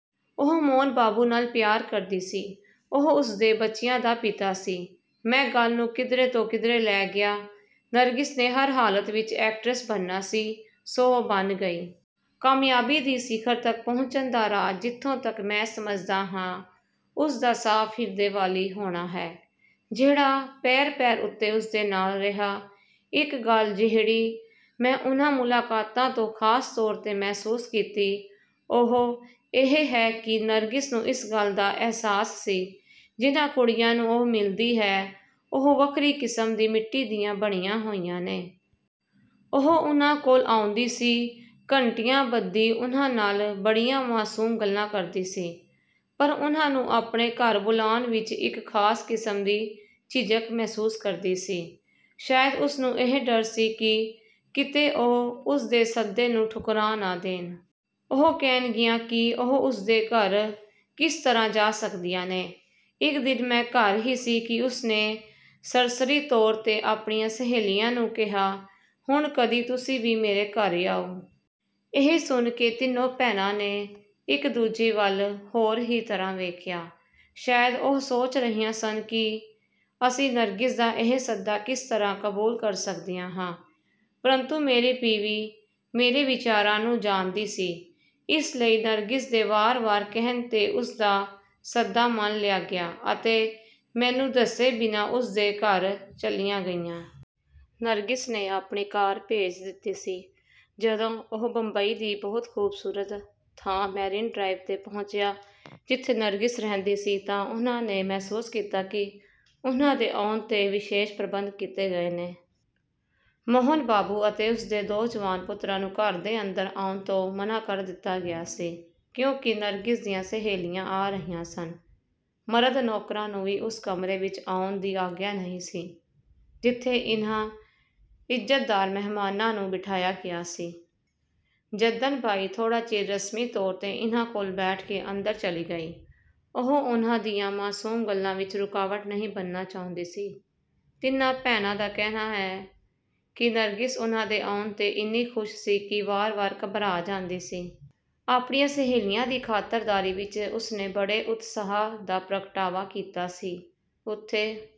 ਉਹ ਮੋਹਨ ਬਾਬੂ ਨਾਲ ਪਿਆਰ ਕਰਦੀ ਸੀ। ਉਹ ਉਸਦੇ ਬੱਚਿਆਂ ਦਾ ਪਿਤਾ ਸੀ। ਮੈਂ ਗੱਲ ਨੂੰ ਕਿੱਧਰੇ ਤੋਂ ਕਿੱਧਰੇ ਲੈ ਗਿਆ। ਨਰਗਿਸ ਨੇ ਹਰ ਹਾਲਤ ਵਿੱਚ ਐਕਟਰਸ ਬਣਨਾ ਸੀ ਸੋ ਉਹ ਬਣ ਗਈ। ਕਾਮਯਾਬੀ ਦੀ ਸਿਖਰ ਤੱਕ ਪਹੁੰਚਣ ਦਾ ਰਾਜ਼ ਜਿੱਥੋਂ ਤੱਕ ਮੈਂ ਸਮਝਦਾ ਹਾਂ ਉਸ ਦਾ ਸਾਫ਼ ਹਿਰਦੇ ਵਾਲੀ ਹੋਣਾ ਹੈ ਜਿਹੜਾ ਪੈਰ ਪੈਰ ਉੱਤੇ ਉਸਦੇ ਨਾਲ ਰਿਹਾ। ਇੱਕ ਗੱਲ ਜਿਹੜੀ ਮੈਂ ਉਨ੍ਹਾਂ ਮੁਲਾਕਾਤਾਂ ਤੋਂ ਖਾਸ ਤੌਰ ਤੇ ਮਹਿਸੂਸ ਕੀਤੀ ਉਹ ਇਹ ਹੈ ਕਿ ਨਰਗਿਸ ਨੂੰ ਇਸ ਗੱਲ ਦਾ ਅਹਿਸਾਸ ਸੀ ਜਿਨ੍ਹਾਂ ਕੁੜੀਆਂ ਨੂੰ ਉਹ ਮਿਲਦੀ ਹੈ ਉਹ ਵੱਖਰੀ ਕਿਸਮ ਦੀ ਮਿੱਟੀ ਦੀਆਂ ਬਣੀਆਂ ਹੋਈਆਂ ਨੇ। ਉਹ ਉਨ੍ਹਾਂ ਕੋਲ ਆਉਂਦੀ ਸੀ ਘੰਟਿਆਂ ਬੱਧੀ ਉਨ੍ਹਾਂ ਨਾਲ ਬੜੀਆਂ ਮਾਸੂਮ ਗੱਲਾਂ ਕਰਦੀ ਸੀ ਪਰ ਉਨ੍ਹਾਂ ਨੂੰ ਆਪਣੇ ਘਰ ਬੁਲਾਉਣ ਵਿੱਚ ਇੱਕ ਖਾਸ ਕਿਸਮ ਦੀ ਝਿਜਕ ਮਹਿਸੂਸ ਕਰਦੀ ਸੀ। ਸ਼ਾਇਦ ਉਸਨੂੰ ਇਹ ਡਰ ਸੀ ਕਿ ਕਿਤੇ ਉਹ ਉਸਦੇ ਸੱਦੇ ਨੂੰ ਠੁਕਰਾ ਨਾ ਦੇਣ। ਉਹ ਕਹਿਣਗੀਆਂ ਕਿ ਉਹ ਉਸਦੇ ਘਰ ਕਿਸ ਤਰ੍ਹਾਂ ਜਾ ਸਕਦੀਆਂ ਨੇ। ਇੱਕ ਦਿਨ ਮੈਂ ਘਰ ਹੀ ਸੀ ਕਿ ਉਸ ਨੇ ਸਰਸਰੀ ਤੌਰ ਤੇ ਆਪਣੀਆਂ ਸਹੇਲੀਆਂ ਨੂੰ ਕਿਹਾ ਹੁਣ ਕਦੀ ਤੁਸੀਂ ਵੀ ਮੇਰੇ ਘਰ ਆਉ। ਇਹ ਸੁਣ ਕੇ ਤਿੰਨੋਂ ਭੈਣਾਂ ਨੇ ਇੱਕ ਦੂਜੀ ਵੱਲ ਹੋਰ ਹੀ ਤਰ੍ਹਾਂ ਵੇਖਿਆ। ਸ਼ਾਇਦ ਉਹ ਸੋਚ ਰਹੀਆਂ ਸਨ ਕਿ ਅਸੀਂ ਨਰਗਿਸ ਦਾ ਇਹ ਸੱਦਾ ਕਿਸ ਤਰ੍ਹਾਂ ਕਬੂਲ ਕਰ ਸਕਦੀਆਂ ਹਾਂ। ਪ੍ਰੰਤੂ ਮੇਰੀ ਬੀਵੀ ਮੇਰੇ ਵਿਚਾਰਾਂ ਨੂੰ ਜਾਣਦੀ ਸੀ ਇਸ ਲਈ ਨਰਗਿਸ ਦੇ ਵਾਰ ਵਾਰ ਕਹਿਣ ਤੇ ਉਸਦਾ ਸੱਦਾ ਮੰਨ ਲਿਆ ਗਿਆ ਅਤੇ ਮੈਨੂੰ ਦੱਸੇ ਬਿਨਾਂ ਉਸਦੇ ਘਰ ਚਲੀਆਂ ਗਈਆਂ। ਨਰਗਿਸ ਨੇ ਆਪਣੀ ਕਾਰ ਭੇਜ ਦਿੱਤੀ ਸੀ। ਜਦੋਂ ਉਹ ਬੰਬਈ ਦੀ ਬਹੁਤ ਖੂਬਸੂਰਤ ਥਾਂ ਮੈਰਿਨ ਡਰਾਈਵ ਤੇ ਪਹੁੰਚੀਆਂ ਜਿੱਥੇ ਨਰਗਿਸ ਰਹਿੰਦੀ ਸੀ ਤਾਂ ਉਨ੍ਹਾਂ ਨੇ ਮਹਿਸੂਸ ਕੀਤਾ ਕਿ ਉਨ੍ਹਾਂ ਦੇ ਆਉਣ ਤੇ ਵਿਸ਼ੇਸ਼ ਪ੍ਰਬੰਧ ਕੀਤੇ ਗਏ ਨੇ। ਮੋਹਨ ਬਾਬੂ ਅਤੇ ਉਸ ਦੇ ਦੋ ਜਵਾਨ ਪੁੱਤਰਾਂ ਨੂੰ ਘਰ ਦੇ ਅੰਦਰ ਆਉਣ ਤੋਂ ਮਨ੍ਹਾ ਕਰ ਦਿੱਤਾ ਗਿਆ ਸੀ ਕਿਉਂਕਿ ਨਰਗਿਸ ਦੀਆਂ ਸਹੇਲੀਆਂ ਆ ਰਹੀਆਂ ਸਨ। ਮਰਦ ਨੌਕਰਾਂ ਨੂੰ ਵੀ ਉਸ ਕਮਰੇ ਵਿੱਚ ਆਉਣ ਦੀ ਆਗਿਆ ਨਹੀਂ ਸੀ ਜਿੱਥੇ ਇਹਨਾਂ ਇੱਜ਼ਤਦਾਰ ਮਹਿਮਾਨਾਂ ਨੂੰ ਬਿਠਾਇਆ ਗਿਆ ਸੀ। ਜੱਦਨ ਬਾਈ ਥੋੜ੍ਹਾ ਚਿਰ ਰਸਮੀ ਤੌਰ ਤੇ ਇਨ੍ਹਾਂ ਕੋਲ ਬੈਠ ਕੇ ਅੰਦਰ ਚਲੀ ਗਈ। ਉਹ ਉਨ੍ਹਾਂ ਦੀਆਂ ਮਾਸੂਮ ਗੱਲਾਂ ਵਿੱਚ ਰੁਕਾਵਟ ਨਹੀਂ ਬਣਨਾ ਚਾਹੁੰਦੀ ਸੀ। ਤਿੰਨਾਂ ਭੈਣਾਂ ਦਾ ਕਹਿਣਾ ਹੈ ਕਿ ਨਰਗਿਸ ਉਨ੍ਹਾਂ ਦੇ ਆਉਣ ਤੇ ਇੰਨੀ ਖੁਸ਼ ਸੀ ਕਿ ਵਾਰ ਵਾਰ ਘਬਰਾ ਜਾਂਦੀ ਸੀ। ਆਪਣੀਆਂ ਸਹੇਲੀਆਂ ਦੀ ਖਾਤਰਦਾਰੀ ਵਿੱਚ ਉਸਨੇ ਬੜੇ ਉਤਸ਼ਾਹ ਦਾ ਪ੍ਰਗਟਾਵਾ ਕੀਤਾ ਸੀ। ਉਥੇ